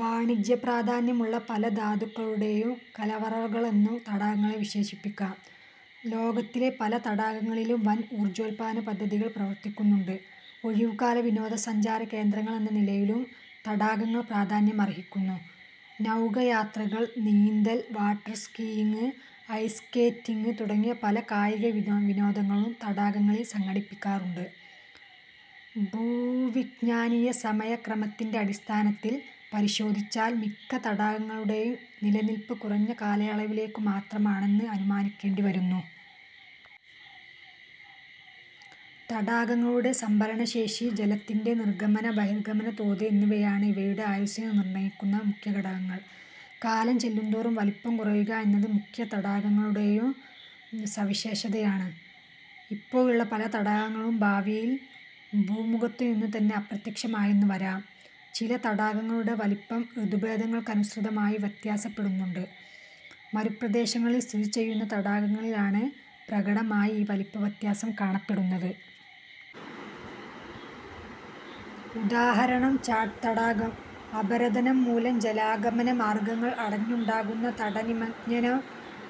വാണിജ്യപ്രാധാന്യമുള്ള പല ധാതുക്കളുടേയും കലവറകളെന്നും തടാകങ്ങളെ വിശേഷിപ്പിക്കാം. ലോകത്തിലെ പല തടാകങ്ങളിലും വൻ ഊർജ്ജോത്പാദന പദ്ധതികൾ പ്രവർത്തിക്കുന്നുണ്ട്. ഒഴിവുകാല-വിനോദസഞ്ചാര കേന്ദ്രങ്ങളെന്ന നിലയിലും തടാകങ്ങൾ പ്രാധാന്യമർഹിക്കുന്നു. നൌകായാത്രകൾ, നീന്തൽ, വാട്ടർ സ്കീയിങ്, ഐസ് സ്കേറ്റിങ് തുടങ്ങിയ പല കായിക-വിനോദങ്ങളും തടാകങ്ങളിൽ സംഘടിപ്പിക്കാറുണ്ട്. ഭൂവിജ്ഞാനീയ സമയ ക്രമത്തിന്റെ അടിസ്ഥാനത്തിൽ പരിശോധിച്ചാൽ മിക്ക തടാകങ്ങളുടെയും നിലനില്പ് കുറഞ്ഞ കാലയളവിലേക്കു മാത്രമാ ണെന്ന് അനുമാനിക്കേണ്ടിവരുന്നു. തടാകങ്ങളുടെ സംഭരണശേഷി, ജലത്തിന്റെ നിർഗമന-ബഹിർഗമന തോത് എന്നിവയാണ് ഇവയുടെ ആയുസ്സിനെ നിർണയിക്കുന്ന മുഖ്യഘടകങ്ങൾ. കാലം ചെല്ലുന്തോറും വലിപ്പം കുറയുക എന്നത് മിക്ക തടാകങ്ങളുടേ യും സവിശേഷതയാണ്. ഇപ്പോഴുള്ള പല തടാകങ്ങളും ഭാവിയിൽ ഭൂമുഖത്തുനിന്നുതന്നെ അപ്രത്യക്ഷമായെന്നുവരാം. ചില തടാകങ്ങളുടെ വലിപ്പം ഋതുഭേദങ്ങൾക്കനുസൃതമായി വ്യത്യാസപ്പെടുന്നുണ്ട്. മരുപ്രദേശങ്ങളിൽ സ്ഥിതിചെയ്യുന്ന തടാകങ്ങളിലാണ് പ്രകടമായി ഈ വലിപ്പ വ്യത്യാസം കാണപ്പെടുന്നത്. ഉദാ. ഛാഡ് തടാകം. അപരദനംമൂലം ജലാഗമനമാർഗങ്ങൾ അടഞ്ഞുണ്ടാകുന്ന തടനിമജ്ജനം,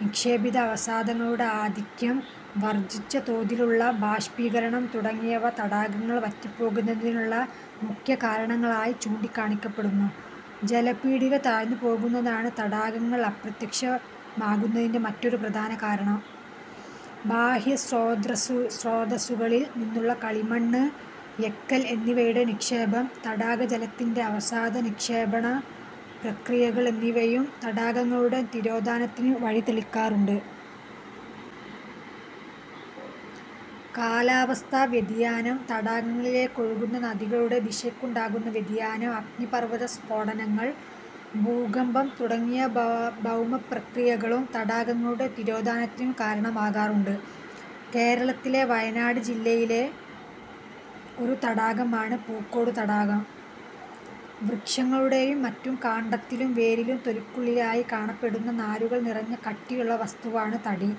നിക്ഷേപിത അവസാദങ്ങളുടെ ആധിക്യം, വർധിച്ച തോതിലുള്ള ബാഷ്പീകരണം തുടങ്ങിയവ തടാകങ്ങൾ വറ്റിപ്പോകുന്നതിനുള്ള മുഖ്യകാരണങ്ങളായി ചൂണ്ടിക്കാണിക്കപ്പെടുന്നു. ജലപീഠിക താഴ്ന്നുപോകുന്നതാണ് തടാകങ്ങൾ അപ്രത്യ ക്ഷമാകുന്നതിന്റെ മറ്റൊരു പ്രധാന കാരണം. ബാഹ്യസ്രോതസ്സുക ളിൽ നിന്നുള്ള കളിമണ്ണ്, എക്കൽ എന്നിവയുടെ നിക്ഷേപം, തടാക ജലത്തിന്റെ അവസാദ-നിക്ഷേപണ പ്രക്രിയകൾ എന്നിവയും തടാകങ്ങളുടെ തിരോധാനത്തിനു വഴിതെളിക്കാറുണ്ട്. കാലാവസ്ഥാ വ്യതിയാനം, തടാകങ്ങളിലേക്കൊഴുകുന്ന നദികളുടെ ദിശയ്ക്കുണ്ടാകുന്ന വ്യതിയാനം, അഗ്നിപർവത സ്ഫോടനങ്ങൾ, ഭൂകമ്പം തുടങ്ങിയ ഭൗമപ്രക്രിയകളും തടാകങ്ങളുടെ തിരോധാനത്തിനു കാരണമാകാറുണ്ട്. കേരളത്തിലെ വയനാട് ജില്ലയിലെ ഒരു തടാകമാണ് പൂക്കോട് തടാകം. വൃക്ഷങ്ങളുടേയും മറ്റും കാണ്ഡത്തിലും വേരിലും തൊലിക്കുള്ളിലായി കാണപ്പെടുന്ന നാരുകൾ നിറഞ്ഞ കട്ടിയുള്ള വസ്തുവാണ് തടി.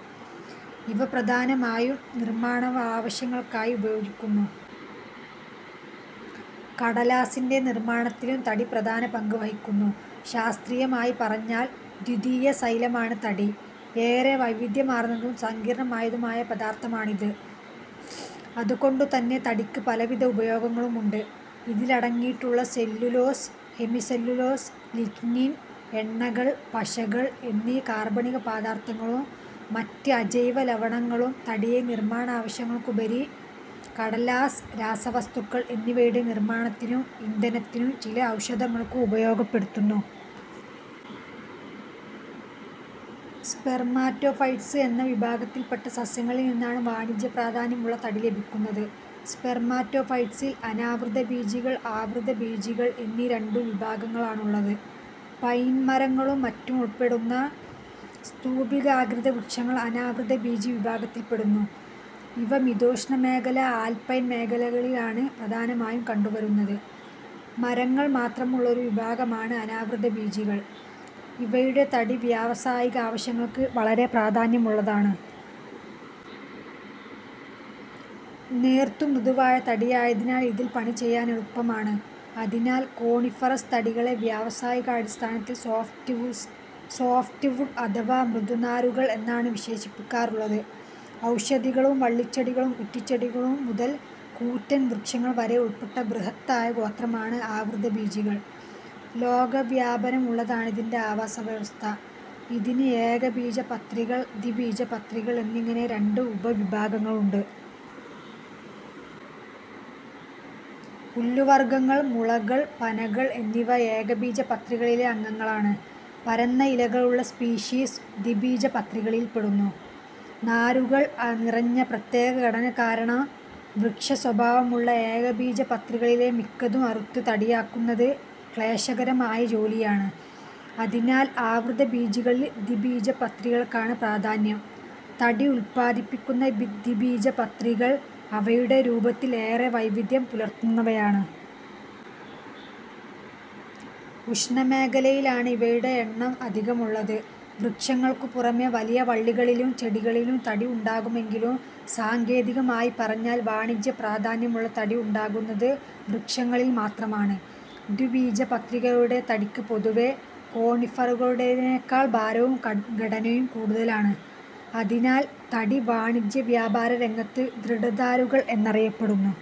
ഇവ പ്രധാനമായും നിർമ്മാണാവശ്യങ്ങൾക്കായി ഉപയോഗിക്കുന്നു. കടലാസിന്റെ നിർമ്മാണത്തിലും തടി പ്രധാന പങ്ക് വഹിക്കുന്നു. ശാസ്ത്രീയമായി പറഞ്ഞാൽ ദ്വിതീയസൈലമാണ് തടി. ഏറെ വൈവിധ്യമാർന്നതും സങ്കീർണമായതുമായ പദാർഥമാണിത്. അതുകൊണ്ടുതന്നെ തടിക്ക് പലവിധ ഉപയോഗങ്ങളുമുണ്ട്. ഇതിലടങ്ങിയിട്ടുള്ള സെല്ലുലോസ്, ഹെമിസെല്ലുലോസ്, ലിഗ്നിൻ, എണ്ണകൾ, പശകൾ എന്നീ കാർബണിക പാദാർഥങ്ങളും മറ്റ് അജൈവ ലവണങ്ങളും തടിയെ നിർമ്മാണാവശ്യങ്ങൾക്കുപരി കടലാസ്, രാസവസ്തുക്കൾ എന്നിവയുടെ നിർമ്മാണത്തിനും ഇന്ധനത്തിനും ചില ഔഷധങ്ങൾക്കും ഉപയോഗപ്പെടുത്തുന്നു. സ്പെർമാറ്റോഫൈറ്റ്സ് എന്ന വിഭാഗത്തിൽപ്പെട്ട സസ്യങ്ങളിൽ നിന്നാണ് വാണിജ്യപ്രാധാന്യമുള്ള തടി ലഭിക്കുന്നത്. സ്പെർമാറ്റോഫൈറ്റ്സിൽ അനാവൃതബീജികൾ, ആവൃതബീജികൾ എന്നീ രണ്ടു വിഭാഗങ്ങളാണുള്ളത്. പൈൻമരങ്ങളും മറ്റും ഉൾപ്പെടുന്ന സ്തൂപികാഗ്രിതവൃക്ഷങ്ങൾ അനാവൃതബീജിവിഭാഗത്തിൽപ്പെടുന്നു. ഇവ മിതോഷ്ണമേഖലാ ആൽപൈൻ മേഖലകളിലാണ് പ്രധാനമായും കണ്ടുവരുന്നത്. മരങ്ങൾ മാത്രമുള്ള ഒരു വിഭാഗമാണ് അനാവൃതബീജികൾ. ഇവയുടെ തടി വ്യാവസായികാവശ്യങ്ങൾക്ക് വളരെ പ്രാധാന്യമുള്ളതാണ്. നേർത്തു മൃദുവായ തടിയായതിനാൽ ഇതിൽ പണിചെയ്യാൻ എളുപ്പമാണ്. അതിനാൽ കോണിഫറസ് തടികളെ വ്യാവസായികാടിസ്ഥാനത്തിൽ സോഫ്റ്റ് വുഡ് അഥവാ മൃദുനാരുകൾ എന്നാണ് വിശേഷിപ്പിക്കാറുള്ളത്. ഔഷധികളും വള്ളിച്ചെടികളും കുറ്റിച്ചെടികളും മുതൽ കൂറ്റൻ വൃക്ഷങ്ങൾ വരെ ഉൾപ്പെട്ട ബൃഹത്തായ ഗോത്രമാണ് ആവൃതബീജികൾ. ലോകവ്യാപനമുള്ളതാണിതിന്റെ ആവാസ വ്യവസ്ഥ. ഇതിന് ഏകബീജപത്രികൾ, ദ്വിബീജപത്രികൾ എന്നിങ്ങനെ രണ്ട് ഉപവിഭാഗങ്ങളുണ്ട്. പുല്ലുവർഗങ്ങൾ, മുളകൾ, പനകൾ എന്നിവ ഏകബീജപത്രികളിലെ അംഗങ്ങളാണ്. പരന്ന ഇലകളുള്ള സ്പീഷീസ് ദ്വിബീജപത്രികളിൽപ്പെടുന്നു. നാരുകൾ നിറഞ്ഞ പ്രത്യേക ഘടനകാരണം വൃക്ഷസ്വഭാവമുളള ഏകബീജപത്രികളിലെ മിക്കതും അറുത്ത് തടിയാക്കുന്നത് ക്ലേശകരമായ ജോലിയാണ്. അതിനാൽ ആവൃതബീജികളിൽ ദ്വിബീജപത്രികൾക്കാണ് പ്രാധാന്യം. തടി ഉത്പാദിപ്പിക്കുന്ന ദ്വിബീജപത്രികൾ അവയുടെ രൂപത്തിൽ ഏറെ വൈവിധ്യം പുലർത്തുന്നവയാണ്. ഉഷ്ണമേഖലയിലാണ് ഇവയുടെ എണ്ണം അധികമുള്ളത്. വൃക്ഷങ്ങൾക്കു പുറമേ വലിയ വള്ളികളിലും ചെടികളിലും തടി ഉണ്ടാകുമെങ്കിലും സാങ്കേതികമായി പറഞ്ഞാൽ വാണിജ്യ പ്രാധാന്യമുള്ള തടി ഉണ്ടാകുന്നത് വൃക്ഷങ്ങളിൽ മാത്രമാണ്. ദ്വിബീജപത്രികളുടെ തടിക്ക് പൊതുവേ കോണിഫറുകളുടേതിനേക്കാൾ ഭാരവും ഘനവും കൂടുതലാണ്. അതിനാൽ തടി വാണിജ്യ വ്യാപാര രംഗത്ത് ദൃഢദാരുകൾ എന്നറിയപ്പെടുന്നു.